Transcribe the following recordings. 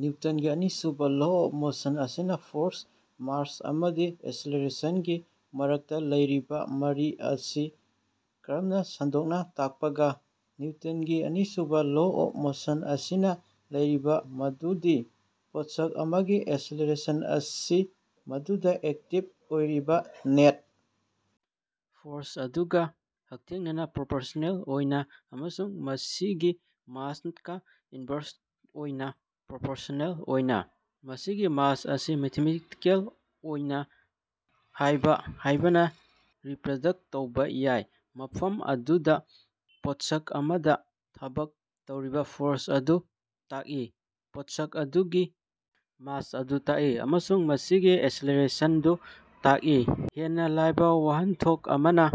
ꯅꯤꯎꯇꯟꯒꯤ ꯑꯅꯤꯁꯨꯕ law of motion ꯑꯁꯤꯅ force, mass ꯑꯃꯁꯨꯡ ꯑꯦꯁꯤꯂꯔꯦꯁꯟꯒꯤ ꯃꯔꯛꯇ ꯂꯩꯔꯤꯕ ꯃꯔꯤ ꯑꯁꯤ ꯀꯔꯝꯅ ꯁꯟꯗꯣꯛꯅ ꯇꯥꯛꯄꯒ ꯅꯤꯎꯇꯟꯒꯤ ꯑꯅꯤꯁꯨꯕ ꯂꯣ ꯑꯣꯐ ꯃꯣꯁꯟ ꯑꯁꯤꯅ ꯍꯥꯏꯔꯤ ꯃꯗꯨꯗꯤ ꯄꯣꯠꯁꯛ ꯑꯃꯒꯤ ꯑꯦꯁꯤꯂꯔꯦꯁꯟ ꯑꯁꯤ ꯃꯗꯨꯗ ꯑꯦꯛꯇꯤꯕ ꯑꯣꯏꯔꯤꯕ ꯅꯦꯠ ꯐꯣꯔꯁ ꯑꯗꯨꯒ ꯍꯛꯊꯦꯡꯅꯅ ꯄ꯭ꯔꯣꯄꯣꯔꯁ꯭ꯅꯦꯜ ꯑꯣꯏ ꯑꯃꯁꯨꯡ ꯃꯁꯤꯒꯤ ꯃꯥꯁ ꯀꯥ ꯏꯟꯕꯔꯁ ꯑꯣꯏꯅ ꯄ꯭ꯔꯣꯄꯣꯔꯁ꯭ꯑꯦꯜ ꯑꯣꯏ꯫ ꯃꯁꯤꯒꯤ ꯃꯔꯤ ꯑꯁꯤ ꯃꯦꯊꯃꯦꯇꯤꯛ ꯑꯣꯏ ꯍꯥꯏꯅ ꯔꯤꯄꯔꯗꯛꯇ ꯇꯧꯕ ꯌꯥꯏ, ꯃꯐꯝ ꯑꯗꯨꯗ ꯄꯣꯠꯁꯛ ꯑꯃꯗ ꯊꯕꯛ ꯇꯧꯔꯤꯕ ꯐꯣꯔꯁ ꯑꯗꯨ ꯇꯥꯛꯏ, ꯄꯣꯠꯁꯛ ꯑꯗꯨꯒꯤ ꯃꯥꯁ ꯑꯗꯨ ꯇꯥꯛꯏ, ꯑꯃꯁꯨꯡ ꯃꯁꯤꯒꯤ ꯑꯦꯁꯤꯂꯔꯦꯁꯟ ꯑꯗꯨ ꯇꯥꯛꯏ꯫ ꯍꯦꯟꯅ ꯂꯥꯏꯕ ꯋꯥꯍꯟꯊꯣꯛ ꯑꯃꯗ,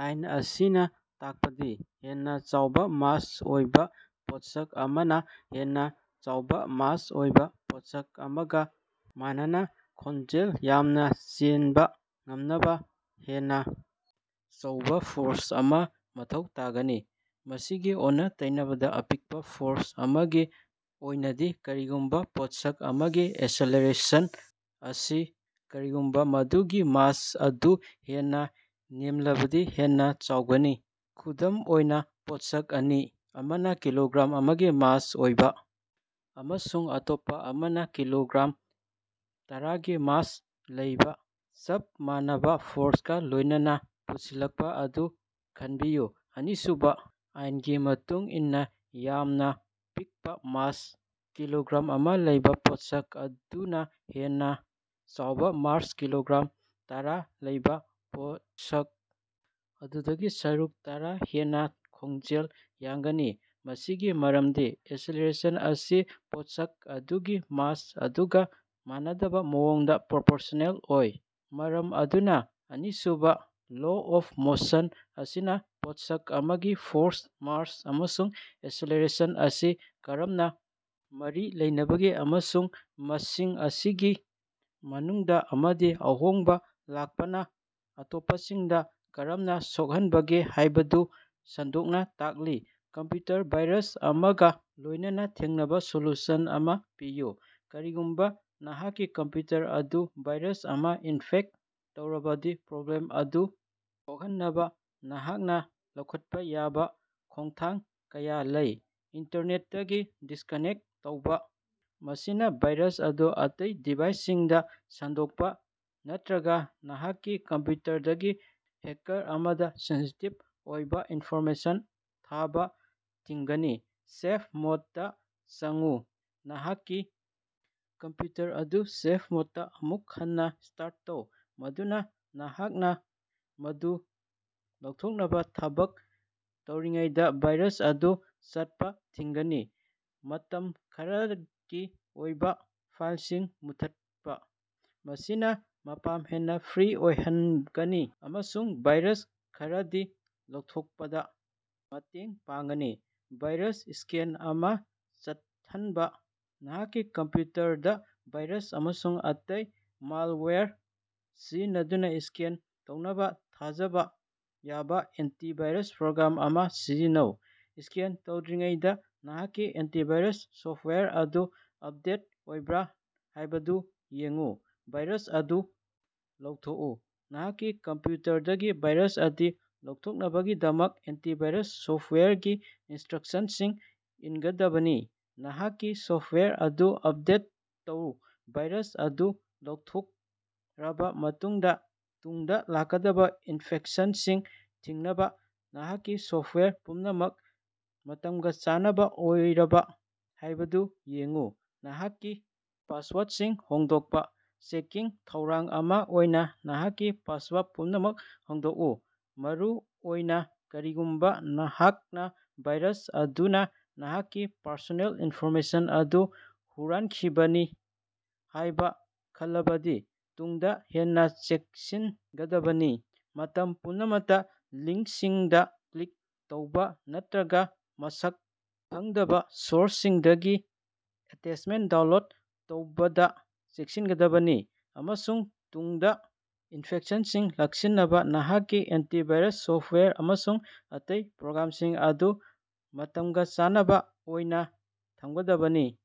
ꯑꯥꯏꯟ ꯑꯁꯤꯅ ꯇꯥꯛꯄꯗꯤ ꯍꯦꯟꯅ ꯆꯥꯎꯕ ꯃꯥꯁ ꯑꯣꯏꯕ ꯄꯣꯠꯁꯛ ꯑꯃꯅ ꯍꯦꯟꯅ ꯆꯥꯎꯕ ꯃꯥꯁ ꯑꯣꯏꯕ ꯄꯣꯠꯁꯛ ꯑꯃꯒ ꯃꯥꯟꯅꯅ ꯈꯣꯟꯖꯦꯜ ꯌꯥꯡꯅ ꯆꯦꯟꯕ ꯉꯝꯅꯕ ꯍꯦꯟꯅ ꯆꯥꯎꯕ ꯐꯣꯔꯁ ꯑꯃ ꯃꯊꯧ ꯇꯥꯒꯅꯤ꯫ ꯃꯁꯤꯒꯤ ꯑꯣꯟꯅ-ꯇꯩꯅꯕꯗ, ꯑꯄꯤꯕ ꯐꯣꯔꯁ ꯑꯃꯒꯤ ꯑꯣꯏꯅꯗꯤ, ꯀꯔꯤꯒꯨꯝꯕ ꯄꯣꯠꯁꯛ ꯑꯃꯒꯤ ꯑꯦꯁꯤꯂꯔꯦꯁꯟ ꯑꯁꯤ ꯀꯔꯤꯒꯨꯝꯕ ꯃꯗꯨꯒꯤ ꯃꯥꯁ ꯑꯗꯨ ꯍꯦꯟꯅ ꯅꯦꯝꯂꯕꯗꯤ ꯍꯦꯟꯅ ꯆꯥꯎꯒꯅꯤ꯫ ꯈꯨꯗꯝ ꯑꯣꯏꯅ, ꯄꯣꯠꯁꯛ ꯑꯅꯤ, ꯑꯃꯅ ꯀꯤꯂꯣꯒ꯭ꯔꯥꯝ ꯑꯃꯒꯤ ꯃꯥꯁ ꯑꯣꯏꯕ ꯑꯃꯁꯨꯡ ꯑꯇꯣꯞꯄ ꯑꯃꯅ ꯀꯤꯂꯣꯒ꯭ꯔꯥꯝ ꯇꯔꯥꯒꯤ ꯃꯥꯁ ꯂꯩꯕ, ꯆꯞ ꯃꯥꯟꯅꯕ ꯐꯣꯔꯁꯀ ꯂꯣꯏꯅꯅ ꯄꯨꯁꯤꯜꯂꯛꯄ ꯑꯗꯨ ꯈꯟꯕꯤꯌꯨ꯫ ꯑꯅꯤꯁꯨꯕ ꯑꯥꯏꯟꯒꯤ ꯃꯇꯨꯡ ꯏꯟꯅ, ꯌꯥꯝꯅ ꯄꯤꯛꯄ ꯃꯥꯁ ꯀꯤꯂꯣꯒ꯭ꯔꯥꯝ ꯑꯃ ꯂꯩꯕ ꯄꯣꯠꯁꯛ ꯑꯗꯨꯅ ꯍꯦꯟꯅ ꯆꯥꯎꯕ ꯃꯥꯁ ꯀꯤꯂꯣꯒ꯭ꯔꯥꯝ ꯇꯔꯥ ꯂꯩꯕ ꯄꯣꯠꯁꯛ ꯑꯗꯨꯗꯒꯤ ꯁꯔꯨꯛ ꯇꯔ ꯍꯦꯟꯅ ꯈꯣꯡꯖꯦꯜ ꯌꯥꯡꯒꯅꯤ꯫ ꯃꯁꯤꯒꯤ ꯃꯔꯝꯗꯤ ꯑꯦꯁꯤꯂꯔꯦꯁꯟ ꯑꯁꯤ ꯄꯣꯠꯁꯛ ꯑꯗꯨꯒꯤ ꯃꯥꯁ ꯑꯗꯨꯒ ꯃꯥꯟꯅꯗꯕ ꯃꯑꯣꯡꯗ ꯄ꯭ꯔꯣꯄꯣꯔꯁ꯭ꯅꯦꯜ ꯑꯣꯏ꯫ ꯃꯔꯝ ꯑꯗꯨꯅ ꯑꯅꯤꯁꯨꯕ ꯂꯣ ꯑꯣꯐ ꯃꯣꯁꯟ ꯑꯁꯤꯅ ꯄꯣꯠꯁꯛ ꯑꯃꯒꯤ ꯐꯣꯔꯁ, ꯃꯥꯁ ꯑꯃꯁꯨꯡ ꯑꯦꯁꯤꯂꯔꯦꯁꯟ ꯑꯁꯤ ꯀꯔꯝꯅ ꯃꯔꯤ ꯂꯩꯅꯕꯒꯦ ꯑꯃꯁꯨꯡ ꯃꯁꯤꯡ ꯑꯁꯤꯒꯤ ꯃꯅꯨꯡꯗ ꯑꯃꯗꯤ ꯑꯍꯣꯡꯕ ꯂꯥꯛꯄꯅ ꯑꯇꯣꯞꯄꯁꯤꯡꯗ ꯀꯔꯝꯅ ꯁꯣꯛꯍꯟꯕꯒꯦ ꯍꯥꯏꯕꯗꯨ ꯁꯟꯗꯣꯛꯅ ꯇꯥꯛꯂꯤ꯫ ꯀꯝꯄ꯭ꯌꯨꯇꯔ ꯚꯥꯏꯔꯁ ꯑꯃꯒ ꯂꯣꯏꯅꯅ ꯊꯦꯡꯅꯅꯕ ꯁꯣꯂꯨꯁꯟ ꯑꯃ ꯄꯤꯌꯨ꯫ ꯀꯔꯤꯒꯨꯝꯕ ꯅꯍꯥꯛꯀꯤ ꯀꯝꯄ꯭ꯌꯨꯇꯔ ꯑꯗꯨ ꯚꯥꯏꯔꯁ ꯑꯃꯅ ꯏꯟꯐꯦꯛꯇ ꯇꯧꯔꯕꯗꯤ, ꯄ꯭ꯔꯣꯕ꯭ꯂꯦꯝ ꯑꯗꯨ ꯀꯣꯛꯍꯟꯅꯕ ꯅꯍꯥꯛꯅ ꯂꯧꯈꯠꯄ ꯌꯥꯕ ꯈꯣꯡꯊꯥꯡ ꯀꯌꯥ ꯂꯩ - ꯏꯟꯇꯔꯅꯦꯠꯇꯒꯤ ꯗꯤꯁꯀꯥꯅꯦꯛꯇ ꯇꯧꯕ - ꯃꯁꯤꯅ ꯚꯥꯏꯔꯁ ꯑꯗꯨ ꯑꯇꯩ ꯗꯤꯚꯥꯏꯁꯁꯤꯡꯗ ꯁꯟꯗꯣꯛꯄ ꯅꯠꯇꯔꯒ ꯅꯍꯥꯛꯀꯤ ꯀꯝꯄ꯭ꯌꯨꯇꯔꯗꯒꯤ ꯍꯦꯀꯥꯔ ꯑꯃꯗ ꯁꯦꯟꯁꯤꯇꯤꯚ ꯑꯣꯏꯕ ꯏꯟꯐꯣꯔꯃꯦꯁꯟ ꯊꯥꯕ ꯊꯤꯡꯒꯅꯤ꯫ ꯁꯦꯐ ꯃꯣꯗꯇꯥ ꯆꯪꯎ - ꯅꯍꯥꯛꯀꯤ ꯀꯝꯄ꯭ꯌꯨꯇꯔ ꯑꯗꯨ ꯁꯦꯐ ꯃꯣꯗꯇꯥ ꯑꯃꯨꯛ ꯍꯟꯅ ꯁ꯭ꯇꯥꯔꯠ ꯇꯧ, ꯃꯗꯨꯅ ꯅꯍꯥꯛꯅ ꯃꯗꯨ ꯂꯧꯊꯣꯛꯅꯕ ꯊꯕꯛ ꯇꯧꯔꯤꯉꯩꯗ ꯚꯥꯏꯔꯁ ꯑꯗꯨ ꯆꯠꯄ ꯊꯤꯡꯒꯅꯤ꯫ ꯃꯇꯝ ꯈꯔꯒꯤ ꯑꯣꯏꯕ ꯐꯥꯏꯜꯁꯤꯡ ꯃꯨꯠꯊꯠꯄ - ꯃꯁꯤꯅ ꯃꯐꯝ ꯍꯦꯟꯅ ꯐ꯭ꯔꯤ ꯑꯣꯏꯍꯟꯒꯅꯤ ꯑꯃꯁꯨꯡ ꯚꯥꯏꯔꯁ ꯈꯔꯗꯤ ꯂꯧꯊꯣꯛꯄꯗ ꯃꯇꯦꯡ ꯄꯥꯡꯒꯅꯤ꯫ ꯚꯥꯏꯔꯁ ꯁ꯭ꯀꯦꯟ ꯑꯃ ꯆꯠꯊꯕ - ꯅꯍꯥꯛꯀꯤ ꯀꯝꯄ꯭ꯌꯨꯇꯔꯗ ꯚꯥꯏꯔꯁ ꯑꯃꯁꯨꯡ ꯑꯇꯩ ꯃꯥꯜꯋꯥꯌꯔꯁꯤꯡꯒꯤꯗꯃꯛ ꯁ꯭ꯀꯦꯟ ꯇꯧꯅꯕ ꯊꯥꯖꯕ ꯌꯥꯕ ꯑꯦꯟꯇꯤꯚꯥꯏꯔꯁ ꯄ꯭ꯔꯣꯒ꯭ꯔꯥꯝ ꯑꯃ ꯁꯤꯖꯤꯟꯅꯧ꯫ ꯁ꯭ꯀꯦꯟ ꯇꯧꯗ꯭ꯔꯤꯉꯩꯗ ꯅꯍꯥꯛꯀꯤ ꯑꯦꯟꯇꯤꯚꯥꯏꯔꯁ ꯁꯣꯐ꯭ꯇꯋꯥꯌꯔ ꯑꯗꯨ ꯑꯞꯗꯦꯠ ꯑꯣꯏꯕ꯭ꯔꯥ ꯍꯥꯏꯕꯗꯨ ꯌꯦꯡꯎ꯫ ꯚꯥꯏꯔꯁ ꯑꯗꯨ ꯂꯧꯊꯣꯛꯎ -ꯅꯍꯥꯛꯀꯤ ꯀꯝꯄ꯭ꯌꯨꯇꯔꯗꯒꯤ ꯚꯥꯏꯔꯁ ꯑꯗꯨ ꯂꯧꯊꯣꯛꯅꯕꯒꯤꯗꯃꯛ ꯑꯦꯟꯇꯤꯚꯥꯏꯔꯁ ꯁꯣꯐ꯭ꯇꯋꯥꯌꯔꯒꯤ ꯏꯟꯁꯇ꯭ꯔꯛꯁꯟꯁꯤꯡ ꯏꯟꯒꯗꯕꯅꯤ꯫ ꯅꯍꯥꯛꯀꯤ ꯁꯣꯐ꯭ꯇꯋꯥꯌꯔ ꯑꯗꯨ ꯑꯞꯗꯦꯠ ꯇꯧ - ꯚꯥꯏꯔꯁ ꯑꯗꯨ ꯂꯧꯊꯣꯛꯈ꯭ꯔꯕ ꯃꯇꯨꯡꯗ, ꯇꯨꯡꯗ ꯂꯥꯛꯀꯗꯕ ꯏꯟꯐꯦꯛꯁꯟꯁꯤꯡ ꯊꯤꯡꯅꯕ ꯅꯍꯥꯛꯀꯤ ꯁꯣꯐ꯭ꯇꯋꯥꯌꯔ ꯄꯨꯝꯅꯃꯛ ꯃꯇꯝꯒ ꯆꯥꯟꯅꯕ ꯑꯣꯏꯕ꯭ꯔꯥ ꯍꯥꯏꯕꯗꯨ ꯌꯦꯡꯎ꯫ ꯅꯍꯥꯛꯀꯤ ꯄꯥꯁꯋꯥꯔꯗꯁꯤꯡ ꯍꯣꯡꯗꯣꯛꯄ - ꯆꯦꯛꯁꯤꯟ ꯊꯧꯔꯥꯡ ꯑꯃ ꯑꯣꯏꯅ ꯅꯍꯥꯛꯀꯤ ꯄꯥꯁꯋꯥꯔꯗ ꯄꯨꯝꯅꯃꯛ ꯍꯣꯡꯗꯣꯛꯎ, ꯃꯔꯨꯑꯣꯏꯅ ꯀꯔꯤꯒꯨꯝꯕ ꯅꯍꯥꯛꯅ ꯚꯥꯏꯔꯁ ꯑꯗꯨꯅ ꯅꯍꯥꯛꯀꯤ ꯄꯔꯁꯣꯅꯦꯜ ꯏꯟꯐꯣꯔꯃꯦꯁꯟ ꯑꯗꯨ ꯍꯨꯔꯥꯟꯈꯤꯕꯅꯤ ꯍꯥꯏꯅ ꯈꯜꯂꯕꯗꯤ, ꯇꯨꯡꯗ ꯍꯦꯟꯅ ꯆꯦꯛꯁꯤꯟꯒꯗꯕꯅꯤ꯫ ꯃꯇꯝ ꯄꯨꯝꯅꯃꯛꯇ ꯂꯤꯡ꯭ꯀꯁꯤꯡꯗ ꯀ꯭ꯂꯤꯛ ꯇꯧꯕ ꯅꯠꯇꯔꯒ ꯃꯁꯛ ꯈꯪꯗꯕ ꯁꯣꯔꯁꯁꯤꯡꯗꯒꯤ ꯑꯦꯇꯦꯆꯃꯦꯟꯇꯁꯤꯡ ꯗꯥꯎꯟꯂꯣꯗ ꯇꯧꯕꯗ ꯆꯦꯛꯁꯤꯟꯒꯗꯕꯅꯤ, ꯑꯃꯁꯨꯡ ꯇꯨꯡꯗ ꯏꯟꯐꯦꯛꯁꯟꯁꯤꯡ ꯂꯥꯛꯁꯤꯟꯅꯕ ꯅꯍꯥꯛꯀꯤ ꯑꯦꯟꯇꯤꯚꯥꯏꯔꯁ ꯁꯣꯐ꯭ꯇꯋꯥꯌꯔ ꯑꯃꯁꯨꯡ ꯑꯇꯩ ꯄ꯭ꯔꯣꯒ꯭ꯔꯥꯝꯁꯤꯡ ꯑꯗꯨ ꯃꯇꯝꯒ ꯆꯥꯟꯅꯕ ꯑꯣꯏꯅ ꯊꯝꯒꯗꯕꯅꯤ꯫